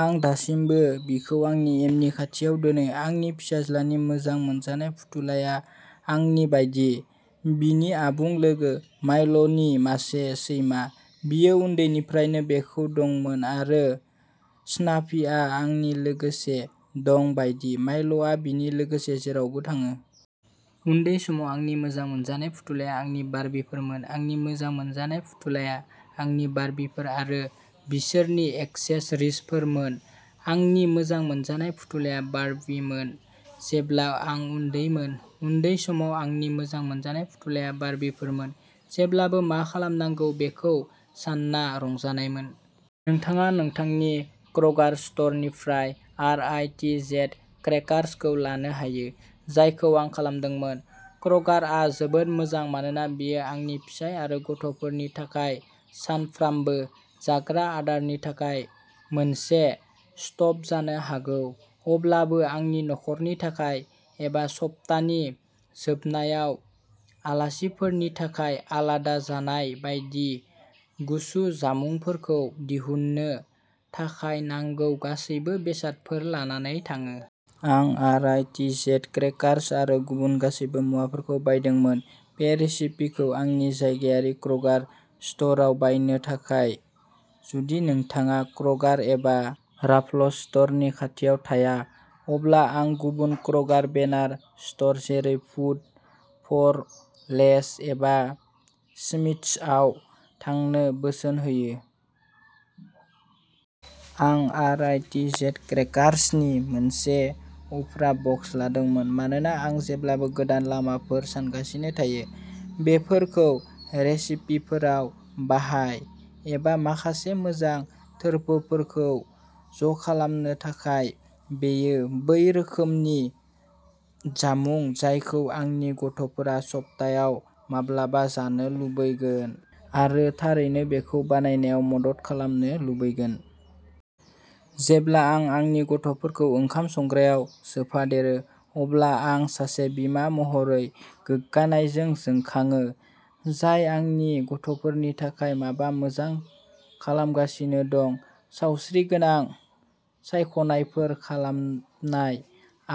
आं दासिमबो बिखौ आंनि एमनि खाथियाव दोनो। आंनि फिसाज्लानि मोजां मोनजानाय फुथुलाया, आंनि बायदि, बिनि आबुं लोगो। मायल'नि मासे सैमा। बियो उन्दैनिफ्रायनो बेखौ दंमोन, आरो स्नाफीआ आंनि लोगोसे दं बायदि, मायल'आ बिनि लोगोसे जेरावबो थाङो। उन्दै समाव आंनि मोजां मोनजानाय फुथुलाया आंनि बार्बीफोरमोन। आंनि मोजां मोनजानाय फुथुलाया आंनि बार्बीफोर आरो बिसोरनि एक्सेसरिजफोरमोन! आंनि मोजां मोनजानाय फुथुलाया बार्बीमोन जेब्ला आं उन्दैमोन। उन्दै समाव आंनि मोजां मोनजानाय फुथुलाया बार्बीफोरमोन। जेब्लाबो मा खालामनांगौ बेखौ सानना रंजानायमोन। नोंथाङा नोंथांनि क्र'गार स्ट'रनिफ्राय आर. आइ. टि. जेड. क्रेकार्सखौ लानो हायो, जायखौ आं खालामदोंमोन। क्र'गारआ जोबोद मोजां मानोना बेयो आंनि फिसाय आरो गथ'फोरनि थाखाय सानफ्रामबो जाग्रा आदारनि थाखाय मोनसे स्टप जानो हागौ, अब्लाबो आंनि न'खरनि थाखाय एबा सप्तानि जोबनायाव आलासिफोरनि थाखाय आलादा जानाय बायदि गुसु जामुंफोरखौ दिहुननो थाखाय नांगौ गासैबो बेसादफोर लानानै थाङो। आं R. I. T. Z. Crackers आरो गुबुन गासैबो मुवाफोरखौ बायदोंमोन बे रेसिपिखौ आंनि जायगायारि क्र'गार स्ट'र आव बायनो थाखाय। जुदि नोंथाङा क्र'गार एबा राल्फ्स स्ट'रनि खाथियाव थाया, अब्ला आं गुबुन क्र'गार बेनार स्ट'र जेरै फुड फर लेस एबा स्मिथ्सआव थांनो बोसोन होयो। आं आर. आइ. टि. जेड. क्रेकार्सनि मोनसे उफ्रा बक्स लादोंमोन मानोना आं जेब्लाबो गोदान लामाफोर सानगासिनो थायो। बेफोरखौ रेसिपिफोराव बाहाय, एबा माखासे मोजां थोरफोफोरखौ ज'खालामनो थाखाय। बेयो बै रोखोमनि जामुं जायखौ आंनि गथ'फोरा सप्तायाव माब्लाबा जानो लुबैगोन, आरो थारैनो बेखौ बानायनायाव मदद खालामनो लुबैगोन। जेब्ला आं आंनि गथ'फोरखौ ओंखाम संग्रायाव सोफादेरो, अब्ला आं सासे बिमा महरै गोग्गानायजों जोंखाङो, जाय आंनि गथ'फोरनि थाखाय माबा मोजां खालामगासिनो दं। सावस्रिगोनां सायख'नायफोर खालामनाय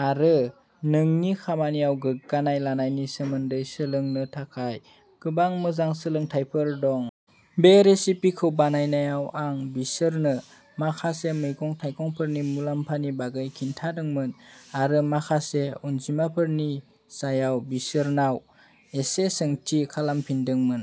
आरो नोंनि खामानियाव गोग्गानाय लानायनि सोमोन्दै सोलोंनो थाखाय गोबां मोजां सोलोंथायफोर दं। बे रेसिपिखौ बानायनायाव आं बिसोरनो माखासे मैगं-थाइगंफोरनि मुलाम्फानि बागै खिन्थादोंमोन, आरो माखासे अनजिमाफोरनि सायाव बिसोरनाव एसे सोंथि खालामफिनदोंमोन।